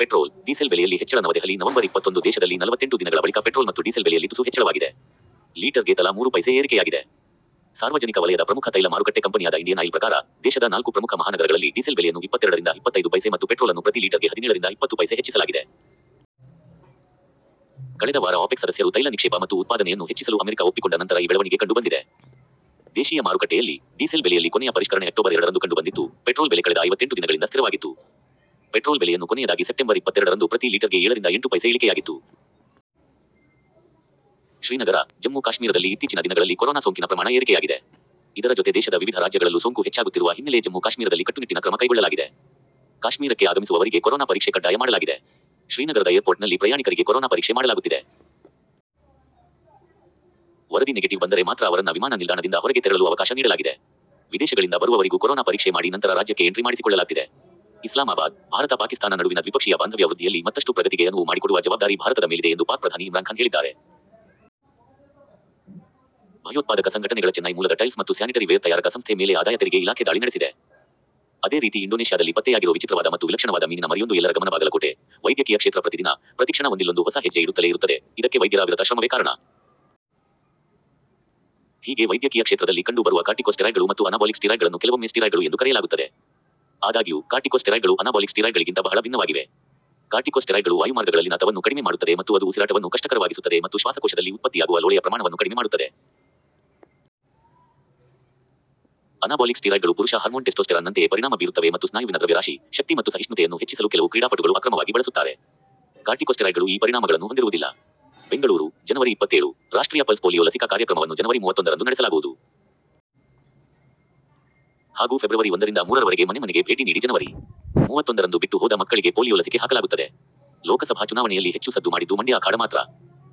Petrol, diesel ಬೆಲೆಯಲ್ಲಿ ಹೆಚ್ಚಳ Navadehali November ಇಪ್ಪತ್ತೊಂದು ದೇಶದಲ್ಲಿ ನಲವತ್ತೆಂಟು ದಿನಗಳ ಬಳಿಕ ಪೆಟ್ರೋಲ್ ಮತ್ತು ಡೀಸೆಲ್ ಬೆಲೆಯಲ್ಲಿ ತುಸು ಹೆಚ್ಚಳವಾಗಿದೆ. ಲೀಟರ್ ಗೆ ತಲಾ ಮೂರು ಪೈಸೆ ಏರಿಕೆಯಾಗಿದೆ. ಸಾರ್ವಜನಿಕ ವಲಯದ ಪ್ರಮುಖ ತೈಲ ಮಾರುಕಟ್ಟೆ ಕಂಪನಿಯಾದ ಇಂಡಿಯನ್ ಆಯಿಲ್ ಪ್ರಕಾರ, ದೇಶದ ನಾಲ್ಕು ಪ್ರಮುಖ ಮಹಾನಗರಗಳಲ್ಲಿ ಡೀಸೆಲ್ ಬೆಲೆಯನ್ನು ಇಪ್ಪತ್ತೆರಡರಿಂದ ಇಪ್ಪತ್ತೈದು ಪೈಸೆ ಮತ್ತು ಪೆಟ್ರೋಲ್ ಅನ್ನು ಪ್ರತಿ ಲೀಟರ್ ಗೆ ಹದಿನೇಳರಿಂದ ಇಪ್ಪತ್ತು ಪೈಸೆ ಹೆಚ್ಚಿಸಲಾಗಿದೆ. ಕಳೆದ ವಾರ ಒಪೆಕ್ ಸದಸ್ಯರು ತೈಲ ನಿಕ್ಷೇಪ ಮತ್ತು ಉತ್ಪಾದನೆಯನ್ನು ಹೆಚ್ಚಿಸಲು ಅಮೆರಿಕ ಒಪ್ಪಿಕೊಂಡ ನಂತರ ಈ ಬೆಳವಣಿಗೆ ಕಂಡು ಬಂದಿದೆ. ದೇಶೀಯ ಮಾರುಕಟ್ಟೆಯಲ್ಲಿ, ಡೀಸೆಲ್ ಬೆಲೆಯಲ್ಲಿ ಕೊನೆಯ ಪರಿಷ್ಕರಣೆ ಅಕ್ಟೋಬರ್ ಎರಡರಂದು ಕಂಡುಬಂದಿತ್ತು, ಪೆಟ್ರೋಲ್ ಬೆಲೆ ಕಳೆದ ಐವತ್ತೆಂಟು ದಿನಗಳಿಂದ ಸ್ಥಿರವಾಗಿತ್ತು. ಪೆಟ್ರೋಲ್ ಬೆಲೆಯನ್ನು ಕೊನೆಯದಾಗಿ ಸೆಪ್ಟೆಂಬರ್ ಇಪ್ಪತ್ತೆರಡರಂದು ಪ್ರತಿ ಲೀಟರ್ಗೆ ಏಳರಿಂದ ಎಂಟು ಪೈಸೆ ಇಳಿಕೆಯಾಗಿತ್ತು. ಶ್ರೀನಗರ: ಜಮ್ಮು ಕಾಶ್ಮೀರದಲ್ಲಿ ಇತ್ತೀಚಿನ ದಿನಗಳಲ್ಲಿ ಕೊರೊನಾ ಸೋಂಕಿನ ಪ್ರಮಾಣ ಏರಿಕೆಯಾಗಿದೆ. ಇದರ ಜೊತೆ ದೇಶದ ವಿವಿಧ ರಾಜ್ಯಗಳಲ್ಲೂ ಸೋಂಕು ಹೆಚ್ಚಾಗುತ್ತಿರುವ ಹಿನ್ನೆಲೆ ಜಮ್ಮು ಕಾಶ್ಮೀರದಲ್ಲಿ ಕಟ್ಟುನಿಟ್ಟಿನ ಕ್ರಮ ಕೈಗೊಳ್ಳಲಾಗಿದೆ. ಕಾಶ್ಮೀರಕ್ಕೆ ಆಗಮಿಸುವವರಿಗೆ ಕೊರೊನಾ ಪರೀಕ್ಷೆ ಕಡ್ಡಾಯ ಮಾಡಲಾಗಿದೆ. ಶ್ರೀನಗರದ ಏರ್ಪೋರ್ಟ್ನಲ್ಲಿ ಪ್ರಯಾಣಿಕರಿಗೆ ಕೊರೊನಾ ಪರೀಕ್ಷೆ ಮಾಡಲಾಗುತ್ತಿದೆ. ವರದಿ ನೆಗೆಟಿವ್ ಬಂದರೆ ಮಾತ್ರ ಅವರನ್ನ ವಿಮಾನ ನಿಲ್ದಾಣದಿಂದ ಹೊರಗೆ ತೆರಳಲು ಅವಕಾಶ ನೀಡಲಾಗಿದೆ. ವಿದೇಶಗಳಿಂದ ಬರುವವರಿಗೂ ಕೊರೊನಾ ಪರೀಕ್ಷೆ ಮಾಡಿ ನಂತರ ರಾಜ್ಯಕ್ಕೆ ಎಂಟ್ರಿ ಮಾಡಿಸಿಕೊಳ್ಳಲಾಗ್ತಿದೆ. ಇಸ್ಲಾಮಾಬಾದ್: ಭಾರತ-ಪಾಕಿಸ್ತಾನ ನಡುವಿನ ದ್ವಿಪಕ್ಷೀಯ ಬಾಂಧವ್ಯ ವೃದ್ಧಿಯಲ್ಲಿ ಮತ್ತಷ್ಟು ಪ್ರಗತಿಗೆ ಅನುವು ಮಾಡಿಕೊಡುವ ಜವಾಬ್ದಾರಿ ಭಾರತದ ಮೇಲಿದೆ ಎಂದು ಪಾಕ್ ಪ್ರಧಾನಿ ಇಮ್ರಾನ್ಖಾನ್ ಹೇಳಿದ್ದಾರೆ. ಭಯೋತ್ಪಾದಕ ಸಂಘಟನೆಗಳಚೆನ್ನೈ ಮೂಲದ ಟೈಲ್ಸ್ ಮತ್ತು ಸ್ಯಾನಿಟರಿ ವೇರ್ ತಯಾರಕ ಸಂಸ್ಥೆ ಮೇಲೆ ಆದಾಯ ತೆರಿಗೆ ಇಲಾಖೆ ದಾಳಿ ನಡೆಸಿದೆ. ಅದೇ ರೀತಿ ಇಂಡೋನೇಷ್ಯಾದಲ್ಲಿ ಪತ್ತೆಯಾಗಿರೋ ವಿಚಿತ್ರವಾದ ಮತ್ತು ವಿಲಕ್ಷಣವಾದ ಮೀನಿನ ಮರಿಯೊಂದು ಎಲ್ಲರ ಗಮನಬಾಗಲಕೋಟೆ: ವೈದ್ಯಕೀಯ ಕ್ಷೇತ್ರ ಪ್ರತಿದಿನ, ಪ್ರತಿಕ್ಷಣ ಒಂದಿಲ್ಲೊಂದು ಹೊಸ ಹೆಜ್ಜೆ ಇಡುತ್ತಲೇ ಇರುತ್ತದೆ, ಇದಕ್ಕೆ ವೈದ್ಯರ ಅವಿರತ ಶ್ರಮವೇ ಕಾರಣ. ಹೀಗೆ ವೈದ್ಯಕೀಯ ಕ್ಷೇತ್ರದಲ್ಲಿ ಕಂಡು ಬರುವ ಕಾರ್ಟಿಕೊ ಸ್ಟೆರಾಯ್ಡ್ಗಳು ಮತ್ತು ಅನಾಬೊಲಿಕ್ ಸ್ಟೀರಾಯ್ಡ್ಗಳನ್ನು ಕೆಲವೊಮ್ಮೆ ಸ್ಟೀರಾಯ್ಡ್ಗಳು ಎಂದು ಕರೆಯಲಾಗುತ್ತದೆ. ಆದಾಗ್ಯೂ, ಕಾರ್ಟಿಕೊ ಸ್ಟೆರಾಯ್ಡ್ಗಳು ಅನಾಬೊಲಿಕ್ ಸ್ಟೀರಾಯ್ಡ್ಗಳಿಗಿಂತ ಬಹಳ ಭಿನ್ನವಾಗಿವೆ. ಕಾರ್ಟಿಕೊ ಸ್ಟೆರಾಯ್ಡ್ಗಳು ವಾಯುಮಾರ್ಗಗಳಲ್ಲಿನ ತವನ್ನು ಕಡಿಮೆ ಮಾಡುತ್ತದೆ ಮತ್ತು ಅದು ಉಸಿರಾಟವನ್ನು ಕಷ್ಟಕರವಾಗಿಸುತ್ತದೆ ಮತ್ತು ಶ್ವಾಸಕೋಶದಲ್ಲಿ ಉತ್ಪತ್ತಿಯಾಗುವ ಲೋಳೆಯ ಪ್ರಮಾಣವನ್ನು ಕಡಿಮೆ ಮಾಡುತ್ತದೆ. ಅನಾಬೊಲಿಕ್ ಸ್ಟೀರಾಯ್ಡ್ಗಳು ಪುರುಷ ಹಾರ್ಮೋನ್ ಟೆಸ್ಟೋಸ್ಟೆರಾನ್ ನಂತೆಯೇ ಪರಿಣಾಮ ಬೀರುತ್ತವೆ ಮತ್ತು ಸ್ನಾಯುವಿನ ದ್ರವ್ಯರಾಶಿ, ಶಕ್ತಿ ಮತ್ತು ಸಹಿಷ್ಣುತೆಯನ್ನು ಹೆಚ್ಚಿಸಲು ಕೆಲವು ಕ್ರೀಡಾಪಟುಗಳು ಅಕ್ರಮವಾಗಿ ಬಳಸುತ್ತಾರೆ. ಕಾರ್ಟಿಕೊಸ್ಟೆರಾಯ್ಡ್ಗಳು ಈ ಪರಿಣಾಮಗಳನ್ನು ಹೊಂದಿರುವುದಿಲ್ಲ. ಬೆಂಗಳೂರು, ಜನವರಿ ಇಪ್ಪತ್ತೇಳು: ರಾಷ್ಟ್ರೀಯ ಪಲ್ಸ್ ಪೋಲೀಯೋ ಲಸಿಕಾ ಕಾರ್ಯಕ್ರಮವನ್ನು ಜನವರಿ ಮೂವತ್ತೊಂದರಂದು ನಡೆಸಲಾಗುವುದು. ಹಾಗೂ ಫೆಬ್ರವರಿ ಒಂದರಿಂದ ಮೂರರವರೆಗೆ ಮನೆ ಮನೆಗೆ ಭೇಟಿ ನೀಡಿ ಜನವರಿ. ಮೂವತ್ತೊಂದರಂದು ಬಿಟ್ಟು ಹೋದ ಮಕ್ಕಳಿಗೆ ಪೋಲಿಯೋ ಲಸಿಕೆ ಹಾಕಲಾಗುತ್ತದೆ. ಲೋಕಸಭಾ ಚುನಾವಣೆಯಲ್ಲಿ ಹೆಚ್ಚು ಸದ್ದು ಮಾಡಿದ್ದು ಮಂಡ್ಯ ಅಖಾಡ ಮಾತ್ರ..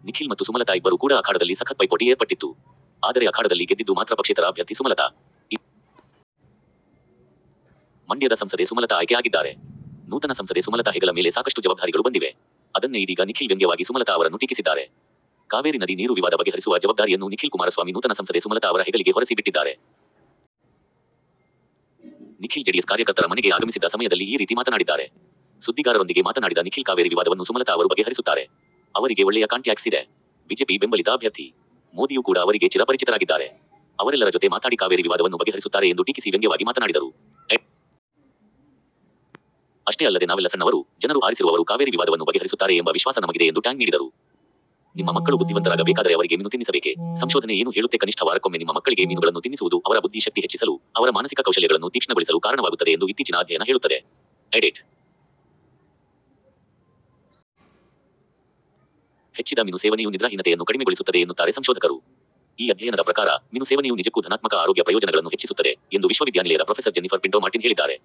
ನಿಖಿಲ್ ಮತ್ತು ಸುಮಲತಾ ಇಬ್ಬರು ಕೂಡ ಅಖಾಡದಲ್ಲಿ ಸಖತ್ ಪೈಪೋಟಿ ಏರ್ಪಟ್ಟಿತ್ತು.. ಆದರೆ ಅಖಾಡದಲ್ಲಿ ಗೆದ್ದಿದ್ದು ಮಾತ್ರ ಪಕ್ಷೇತರ ಅಭ್ಯರ್ಥಿ ಸುಮಲತಾ. ಇದೀಗ ಮಂಡ್ಯದ ಸಂಸದೆ ಸುಮಲತಾ ಆಯ್ಕೆ ಆಗಿದ್ದಾರೆ. ನೂತನ ಸಂಸದೆ ಸುಮಲತಾ ಹೆಗಲ ಮೇಲೆ ಸಾಕಷ್ಟು ಜವಬ್ಧಾರಿಗಳು ಬಂದಿವೆ. ಅದನ್ನೆ ಇದೀಗ ನಿಖಿಲ್ ವ್ಯಂಗ್ಯವಾಗಿ ಸುಮಲತಾ ಅವರನ್ನು ಟೀಕಿಸಿದ್ದಾರೆ. ಕಾವೇರಿ ನದಿ ನೀರು ವಿವಾದ ಬಗೆಹರಿಸುವ ಜವಬ್ದಾರಿಯನ್ನು ನಿಖಿಲ್ ಕುಮಾರಸ್ವಾಮಿ ನೂತನ ಸಂಸದೆ ಸುಮಲತಾ ಅವರ ಹೆಗಲಿಗೆ ಹೊರಸಿ ಬಿಟ್ಟಿದ್ದಾರೆ. ನಿಖಿಲ್ ಜೆಡಿಎಸ್ ಕಾರ್ಯಕರ್ತರ ಮನೆಗೆ ಆಗಮಿಸಿದ್ದ ಸಮಯದಲ್ಲಿ ಈ ರೀತಿ ಮಾತನಾಡಿದ್ದಾರೆ. ಸುದ್ದಿಗಾರರೊಂದಿಗೆ ಮಾತನಾಡಿದ ನಿಖಿಲ್ ಕಾವೇರಿ ವಿವಾದವನ್ನು ಸುಮಲತಾ ಅವರು ಬಗೆ ಹರಿಸುತ್ತಾರೆ. ಅವರಿಗೆ ಒಳ್ಳೆಯ ಕಾಂಟ್ಯಾಕ್ಟ್ಸ್ ಇದೆ.. ಬಿಜೆಪಿ ಬೆಂಬಲಿತ ಅಭ್ಯರ್ಥಿ. ಮೋದಿಯು ಕೂಡ ಅವರಿಗೆ ಚಿರ ಪರಿಚಿತರಾಗಿದ್ದಾರೆ. ಅವರೆಲ್ಲರ ಜೊತೆ ಮಾತಾಡಿ ಕಾವೇರಿ ವಿವಾದವನ್ನು ಬಗೆಹರಿಸುತ್ತಾರೆ ಎಂದು ಟೀಕಿಸಿ ವ್ಯಂಗ್ಯವಾಗಿ ಮಾತನಾಡಿದರು. ಅಷ್ಟೆ ಅಲ್ಲದೆ ನಾವೆಲ್ಲ ಸಣ್ಣವರು, ಜನರು ಆರಿಸಿರುವವರು ಕಾವೇರಿ ವಿವಾದವನ್ನು ಬಗೆಹರಿಸುತ್ತಾರೆ ಎಂಬ ವಿಶ್ವಾಸ ನಮಗಿದೆ ಎಂದು ಟಾಂಗ್ ನೀಡಿದರು. ನಿಮ್ಮ ಮಕ್ಕಳು ಬುದ್ಧಿವಂತರಾಗ ಬೇಕಾದರೆ ಅವರಿಗೆ ಮೀನು ತಿನ್ನಿಸಬೇಕೇ; ಸಂಶೋಧನೆ ಏನು ಹೇಳುತ್ತೆ ಕನಿಷ್ಠ ವಾರಕ್ಕೊಮ್ಮೆ ನಿಮ್ಮ ಮಕ್ಕಳಿಗೆ ಮೀನುಗಳನ್ನು ತಿನ್ನಿಸುವುದು ಅವರ ಬುದ್ಧಿ ಶಕ್ತಿ ಹೆಚ್ಚಿಸಲು, ಅವರ ಮಾನಸಿಕ ಕೌಶಲ್ಯಗಳನ್ನು ತೀಕ್ಷ್ಣಗೊಳಿಸಲು ಕಾರಣವಾಗುತ್ತದೆ ಎಂದು ಇತ್ತೀಚಿನ ಅಧ್ಯಯನ ಹೇಳುತ್ತದೆ. ಹೆಚ್ಚಿದ ಮೀನು ಸೇವನೆಯು ನಿದ್ರಾಹೀನತೆಯನ್ನು ಕಡಿಮೆಗೊಳಿಸುತ್ತದೆ ಎನ್ನುತ್ತಾರೆ ಸಂಶೋಧಕರು. ಈ ಅಧ್ಯಯನದ ಪ್ರಕಾರ "ಮೀನು ಸೇವನೆಯು ನಿಜಕ್ಕೂ ಧನಾತ್ಮಕ ಆರೋಗ್ಯ ಪ್ರಯೋಜನಗಳನ್ನು ಹೆಚ್ಚಿಸುತ್ತದೆ" ಎಂದು ವಿಶ್ವವಿದ್ಯಾನಿಲಯದ ಪ್ರೊಫೆಸರ್ ಜೆನ್ನಿಫರ್ ಪಿಂಟೊ ಮಾರ್ಟಿನ್ ಹೇಳಿದ್ದಾರೆ.